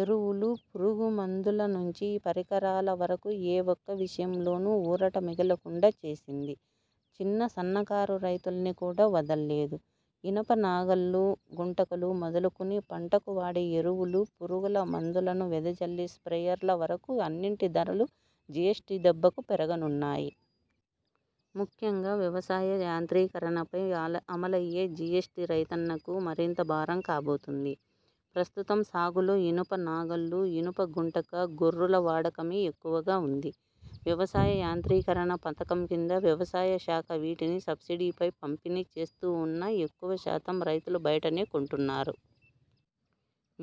ఎరువులు, పురుగు మందుల నుంచి పరికరాల వరకూ ఏ ఒక్క విషయంలోనూ ఊరట మిగలకుండా చేసింది. చిన్న సన్నకారు రైతుల్ని కూడా వదల్లేదు. ఇనుప నాగళ్లు, గుంటకలు మొదలుకుని పంటకు వాడే ఎరువులు, పురుగుల మందులను వెదజల్లే స్ర్పేయర్ల వరకూ అన్నింటి ధరలూ జీఎ్సటీ దెబ్బకు పెరగనున్నాయి. ముఖ్యంగా వ్యవసాయ యాంత్రీకరణపై అమలయ్యే జీఎస్టీ రైతన్నకు మరింత భారం కాబోతోంది. ప్రస్తుతం సాగులో ఇనుప నాగళ్లు, ఇనుప గుంటక, గొర్రుల వాడకమే ఎక్కువగా ఉంది. వ్యవసాయ యాంత్రీకరణ పథకం కింద వ్యవసాయ శాఖ వీటిని సబ్సిడీపై పంపిణీ చేస్తూ ఉన్నా ఎక్కువ శాతం రైతులు బయటనే కొంటున్నారు.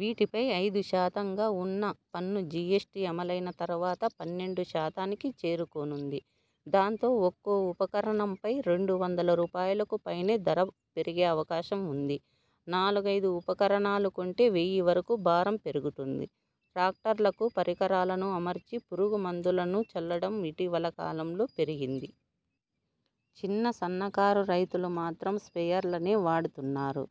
వీటిపై ఐదు శాతంగా ఉన్న పన్ను జీఎస్టీ అమలైన తర్వాత పన్నెండు శాతానికి చేరుకోనుంది దాంతో ఒక్కో ఉపకరణంపై రెండు వందల రూపాయలుకు పైనే ధర పెరిగే అవకాశం ఉంది నాలుగైదు ఉపకరణాలు కొంటే వెయ్యి వరకు భారం పెరుగుతుంది. ట్రాక్టర్లకు పరికరాలను అమర్చి పురుగు మందులను చల్లడం ఇటీవల కాలంలో పెరిగింది. చిన్న, సన్నకారు రైతులు మాత్రం స్ర్పేయర్లనే వాడుతున్నారు.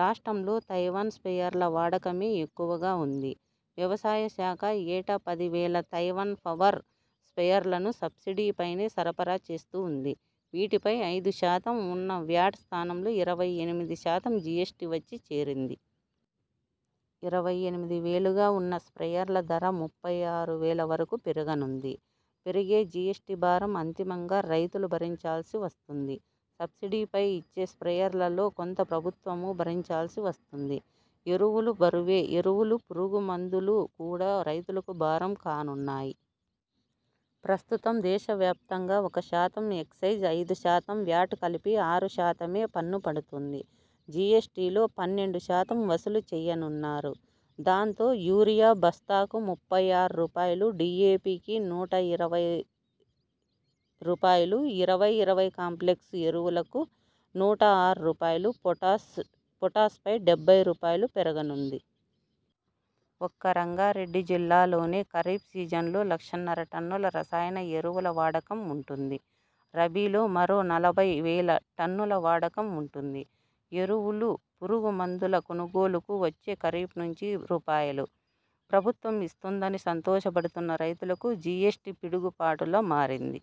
రాష్ట్రంలో తైవాన్ స్ర్పేయర్ల వాడకమే ఎక్కువగా ఉంది. వ్యవసాయ శాఖ ఏటా పది వేల తైవాన్ పవర్ స్ర్పేయర్లను సబ్సిడీ పైన సరఫరా చేస్తూ ఉంది. వీటిపై ఐదు శాతం ఉన్న వ్యాట్ స్థానంలో ఇరవై ఎనిమిది శాతం జీఎ్సటీ వచ్చి చేరింది. ఇరవై ఎనిమిది వేలుగా ఉన్న స్ర్పేయర్ల ధర ముప్పై ఆరు వేల వరకు పెరగనుంది. పెరిగే జీఎస్టీ భారం అంతిమంగా రైతులు భరించాల్సి వస్తుంది. సబ్సిడీపై ఇచ్చే స్ర్పేయర్లలో కొంత ప్రభుత్వమూ భరించాల్సి వస్తుంది. ఎరువులూ బరువే ఎరువులు, పురుగు మందులు కూడా రైతులకు భారం కానున్నాయి. ప్రస్తుతం దేశవ్యాప్తంగా ఒక శాతం ఎక్సైజ్, ఐదు శాతం వ్యాట్ కలిపి ఆరు శాతమే పన్ను పడుతోంది. జీఎస్టీలో పన్నెండు శాతం వసూలు చేయనున్నారు. దాంతో, యూరియా బస్తాకు ముప్పై ఆరు రూపాయలు డీఏపీకి నూట ఇరవై రూపాయలు ఇరవై ఇరవై కాంప్లెక్స్ ఎరువులకు నూట ఆరు రూపాయలు పొటాష్ పై డెబ్బై రూపాయలు పెరగనుంది. ఒక్క రంగారెడ్డి జిల్లాలోనే ఖరీఫ్ సీజన్లో లక్షన్నర టన్నుల రసాయన ఎరువుల వాడకం ఉంటుంది. రబీలో మరో నలభై వేల టన్నుల వాడకం ఉంటుంది. ఎరువులు, పురుగు మందుల కొనుగోలుకు వచ్చే ఖరీఫ్ నుంచి రూపాయలు. ప్రభుత్వం ఇస్తుందని సంతోషపడుతున్న రైతులకు, జీఎస్టీ పిడుగు పాటులా మారింది.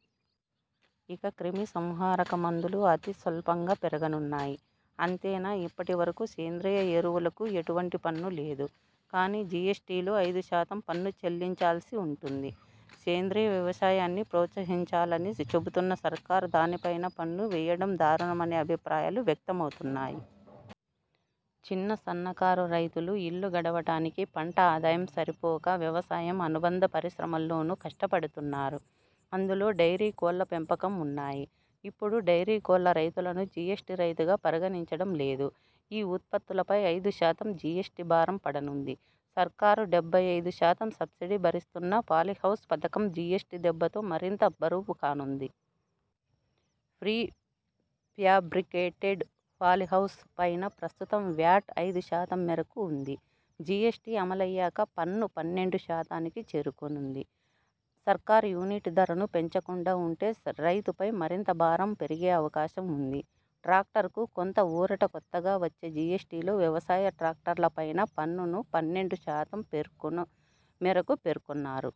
ఇక, క్రిమి సంహారక మందులు అతి స్వల్పంగా పెరగనున్నాయి. అంతేనా, ఇప్పటి వరకూ సేంద్రియ ఎరువులకు ఎటువంటి పన్ను లేదు. కానీ, జీఎస్టీ లో ఐదు శాతం పన్ను చెల్లించాల్సి ఉంటుంది. సేంద్రియ వ్యవసాయాన్ని ప్రోత్సహించాలని చెబుతున్న సర్కారు దానిపైనా పన్ను వేయడం దారుణమనే అభిప్రాయాలు వ్యక్తమవుతున్నాయి. చిన్న, సన్నకారు రైతులు ఇల్లు గడవటానికి పంట ఆదాయం సరిపోక వ్యవసాయ అనుబంధ పరిశ్రమల్లోనూ కష్టపడుతున్నారు. అందులో డెయిరీ, కోళ్ల పెంపకం ఉన్నాయి. ఇప్పుడు డెయిరీ, కోళ్ల రైతులను జీఎస్టీ రైతుగా పరిగణించడం లేదు. ఈ ఉత్పత్తులపై ఐదు శాతం జీఎస్టీ భారం పడనుంది. సర్కారు డెబ్బై ఐదు శాతం సబ్సిడీ భరిస్తున్నా పాలీహౌస్ పథకం జీఎస్టీ దెబ్బతో మరింత బరువు కానుంది. ప్రీ ఫ్యాబ్రికేటెడ్ పాలీ హౌస్ పైన ప్రస్తుతం వ్యాట్ ఐదు శాతం మేరకు ఉంది. జీఎస్టీ అమలయ్యాక పన్ను పన్నెండు శాతానికి చేరుకోనుంది. సర్కారు యూనిట్ ధరను పెంచకుండా ఉంటే రైతుపై మరింత భారం పెరిగే అవకాశం ఉంది. ట్రాక్టర్కు కొంత ఊరట కొత్తగా వచ్చే జీఎస్టీలో వ్యవసాయ ట్రాక్టర్ల పైన పన్నును పన్నెండు శాతం మేరకు పేర్కొన్నారు.